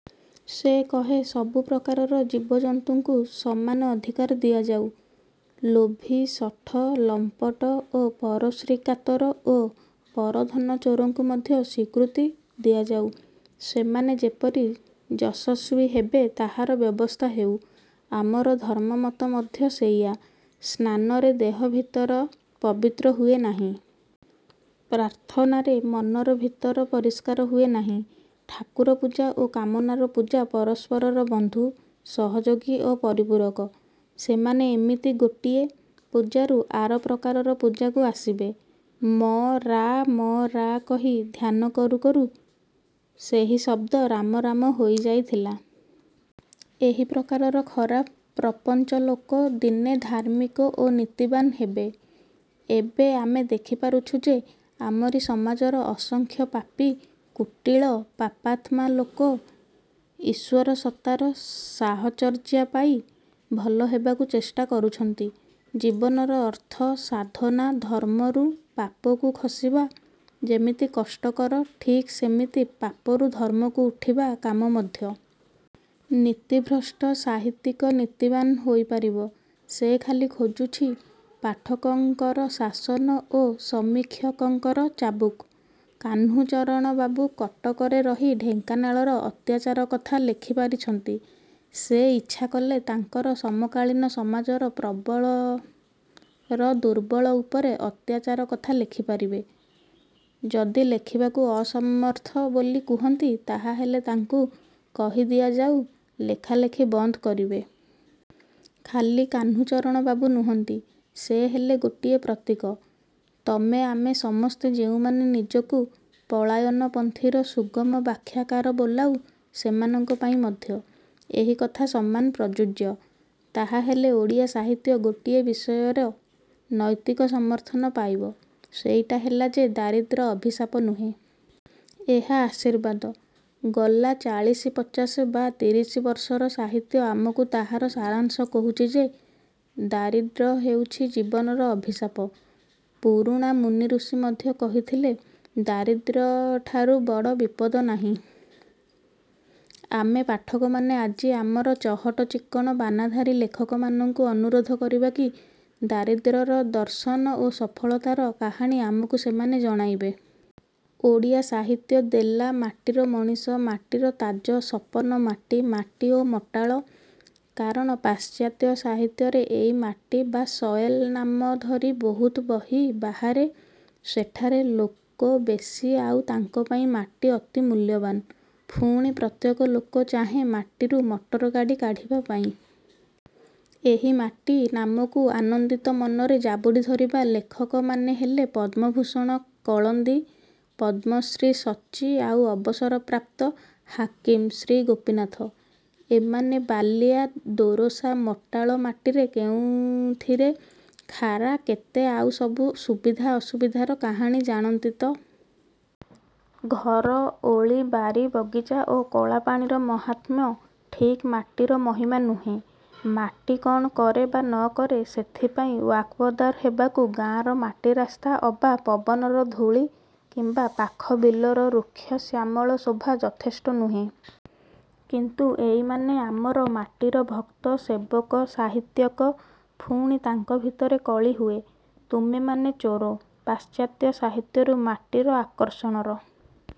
ସେ କହେ ସବୁ ପ୍ରକାରର ଜୀବଜନ୍ତୁଙ୍କୁ ସମାନ ଅଧିକାର ଦିଆଯାଉ-ଲୋଭୀ, ଶଠ, ଲମ୍ପଟ ଓ ପରଶ୍ରୀକାତର ଓ ପରଧନଚୋରଙ୍କୁ ମଧ୍ୟ ସ୍ୱୀକୃତି ଦିଆଯାଉ। ସେମାନେ ଯେପରି ଯଶସ୍ୱୀ ହେବେ ତାହାର ବ୍ୟବସ୍ଥା ହେଉ। ଆମର ଧର୍ମମତ ମଧ୍ୟ ସେଇଆ। ସ୍ନାନରେ ଦେହ ଭିତର ପବିତ୍ର ହୁଏ ନାହିଁ। ପ୍ରାର୍ଥନାରେ ମନର ଭିତର ପରିଷ୍କାର ହୁଏ ନାହିଁ। ଠାକୁର ପୂଜା ଓ କାମନାର ପୂଜା ପରସ୍ପରର ବନ୍ଧୁ, ସହଯୋଗୀ ଓ ପରିପୂରକ। ସେମାନେ ଏମିତି ଗୋଟିଏ। ପୂଜାରୁ ଆର ପ୍ରକାରର ପୂଜାକୁ ଆସିବେ। ମ-ରା ମ-ରା କହି ଧ୍ୟାନ କରୁ କରୁ ସେହି ଶଦ୍ଦ ରାମ-ରାମ ହୋଇ ଯାଇଥିଲା। ଏହିପ୍ରକାରର ଖରାପ ପ୍ରପଞ୍ଚ ଲୋକ ଦିନେ ଧାର୍ମିକ ଓ ନୀତିବାନ୍ ହେବେ। ଏବେ ଆମେ ଦେଖିପାରୁଛୁ ଯେ ଆମରି ସମାଜର ଅସଂଖ୍ୟ ପାପୀ, କୁଟିଳ, ପାପାତ୍ମା ଲୋକ ଈଶ୍ୱର ସତ୍ତାର ସାହଚର୍ଯ୍ୟ ପାଇ ଭଲ ହେବାକୁ ଚେଷ୍ଟା କରୁଛନ୍ତି। ଜୀବନର ଅର୍ଥ ସାଧନା-ଧର୍ମରୁ ପାପକୁ ଖସିବା ଯେମିତି କଷ୍ଟକର ଠିକ୍ ସେମିତି ପାପରୁ ଧର୍ମକୁ ଉଠିବା କାମ ମଧ୍ୟ। ନୀତିଭ୍ରଷ୍ଟ ସାହିତ୍ୟିକ ନୀତିବାନ ହୋଇପାରିବ। ସେ ଖାଲି ଖୋଜୁଛି ପାଠକଙ୍କର ଶାସନ ଓ ସମୀକ୍ଷକଙ୍କର ଚାବୁକ। କାହ୍ନୁଚରଣବାବୁ କଟକରେ ରହି ଢେଙ୍କାନାଳର ଅତ୍ୟାଚାର କଥା ଲେଖିପାରିଛନ୍ତି। ସେ ଇଚ୍ଛା କଲେ ତାଙ୍କର ସମକାଳୀନ ସମାଜର ପ୍ରବଳର ଦୁର୍ବଳ ଉପରେ ଅତ୍ୟାଚାର କଥା ଲେଖିପାରିବେ। ଯଦି ଲେଖିବାକୁ ଅସମର୍ଥ ବୋଲି କୁହନ୍ତି ତାହାହେଲେ ତାଙ୍କୁ କହିଦିଆଯାଉ-ଲେଖାଲେଖି ବନ୍ଦ କରିବେ। ଖାଲି କାହ୍ନୁଚରଣବାବୁ ନୁହନ୍ତି-ସେ ହେଲେ ଗୋଟିଏ ପ୍ରତୀକ। ତମେ ଆମେ ସମସ୍ତେ ଯେଉଁମାନେ ନିଜକୁ ପଳାୟନପନ୍ଥୀର ସୁଗମ ବାଖ୍ୟାକାର ବୋଲାଉ ସେମାନଙ୍କ ପାଇଁ ମଧ୍ୟ ଏହି କଥା ସମାନ ପ୍ରଯୁଯ୍ୟ। ତାହାହେଲେ ଓଡ଼ିଆ ସାହିତ୍ୟ ଗୋଟିଏ ବିଷୟରେ ନୈତିକ ସମର୍ଥନ ପାଇବ-ସେଇଟା ହେଲା ଯେ ଦାରିଦ୍ର୍ୟ ଅଭିଶାପ ନୁହେଁ। ଏହା ଆଶୀର୍ବାଦ। ଗଲା ଚାଳଶି ପଚାଶ ବା ତିରିଶିବର୍ଷର ସାହିତ୍ୟ ଆମକୁ ତାହାର ସାରାଂଶ କହୁଛି ଯେ ଦାରିଦ୍ର୍ୟ ହେଉଛି ଜୀବନର ଅଭିଶାପ। ପୁରୁଣା ମୁନିଋଷି ମଧ୍ୟ କହିଥିଲେ-ଦାରିଦ୍ର୍ୟଠାରୁ ବଡ଼ ବିପଦ ନାହିଁ। ଆମେ ପାଠକମାନେ ଆଜି ଆମର ଚହଟ ଚିକ୍କଣ ବାନାଧାରୀ ଲେଖକମାନଙ୍କୁ ଅନୁରୋଧ କରିବା କି-ଦାରିଦ୍ର୍ୟର ଦର୍ଶନ ଓ ସଫଳତାର କାହାଣୀ ଆମକୁ ସେମାନେ ଜଣାଇବେ। ଓଡ଼ିଆ ସାହିତ୍ୟ ଦେଲା-ମାଟିର ମଣିଷ, ମାଟିର ତାଜ, ସପନ ମାଟି, ମାଟି ଓ ମଟାଳ-। କାରଣ ପାଶ୍ଚାତ୍ୟ ସାହିତ୍ୟରେ ଏଇ ମାଟି ବା ସଏଲ୍ ନାମ ଧରି ବହୁତ ବହି ବାହାରେ-। ସେଠାରେ ଲୋକ ବେଶି ଆଉ ତାଙ୍କପାଇଁ ମାଟି ଅତି ମୂଲ୍ୟବାନ। ପୁଣି ପ୍ରତ୍ୟେକ ଲୋକ ଚାହେଁ ମାଟିରୁ ମଟରଗାଡ଼ି କାଢ଼ିବା ପାଇଁ। ଏହି ମାଟି ନାମକୁ ଆନନ୍ଦିତ ମନରେ ଜାବୁଡ଼ି ଧରିବା ଲେଖକମାନେ ହେଲେ ପଦ୍ମଭୂଷଣ କଳିନ୍ଦୀ, ପଦ୍ମଶ୍ରୀ ସଚ୍ଚି ଆଉ ଅବସରପ୍ରାପ୍ତ ହାକିମ ଶ୍ରୀ ଗୋପୀନାଥ। ଏମାନେ ବାଲିଆ, ଦୋରସା, ମଟାଳ ମାଟିରେ କେଉଁଥିରେ ଖାରା କେତେ ଆଉ ସବୁ ସୁବିଧା ଅସୁବିଧାର କାହାଣୀ ଜାଣନ୍ତି ତ? ଘର ଓଳି ବାରି ବଗିଚା ଓ କଳପାଣିର ମାହାତ୍ମ୍ୟ ଠିକ୍ ମାଟିର ମହିମା ନୁହେଁ। ମାଟି କ'ଣ କରେ ବା ନ କରେ ସେଥିପାଇଁ ୱାକବଦାର ହେବାକୁ ଗାଁର ମାଟି ରାସ୍ତା ଅବା ପବନର ଧୂଳି କିମ୍ୱା ପାଖ ବିଲର ରୁକ୍ଷ ଶ୍ୟାମଳ ଶୋଭା ଯଥେଷ୍ଟ ନୁହେଁ। କିନ୍ତୁ ଏଇମାନେ ଆମର ମାଟିର ଭକ୍ତ-ସେବକ-ସାହିତ୍ୟିକ। ପୁଣି ତାଙ୍କ ଭିତରେ କଳି ହୁଏ-ତୁମେମାନେ ଚୋର। ପାଶ୍ଚାତ୍ୟ ସାହିତ୍ୟରୁ ମାଟିର ଆକର୍ଷଣର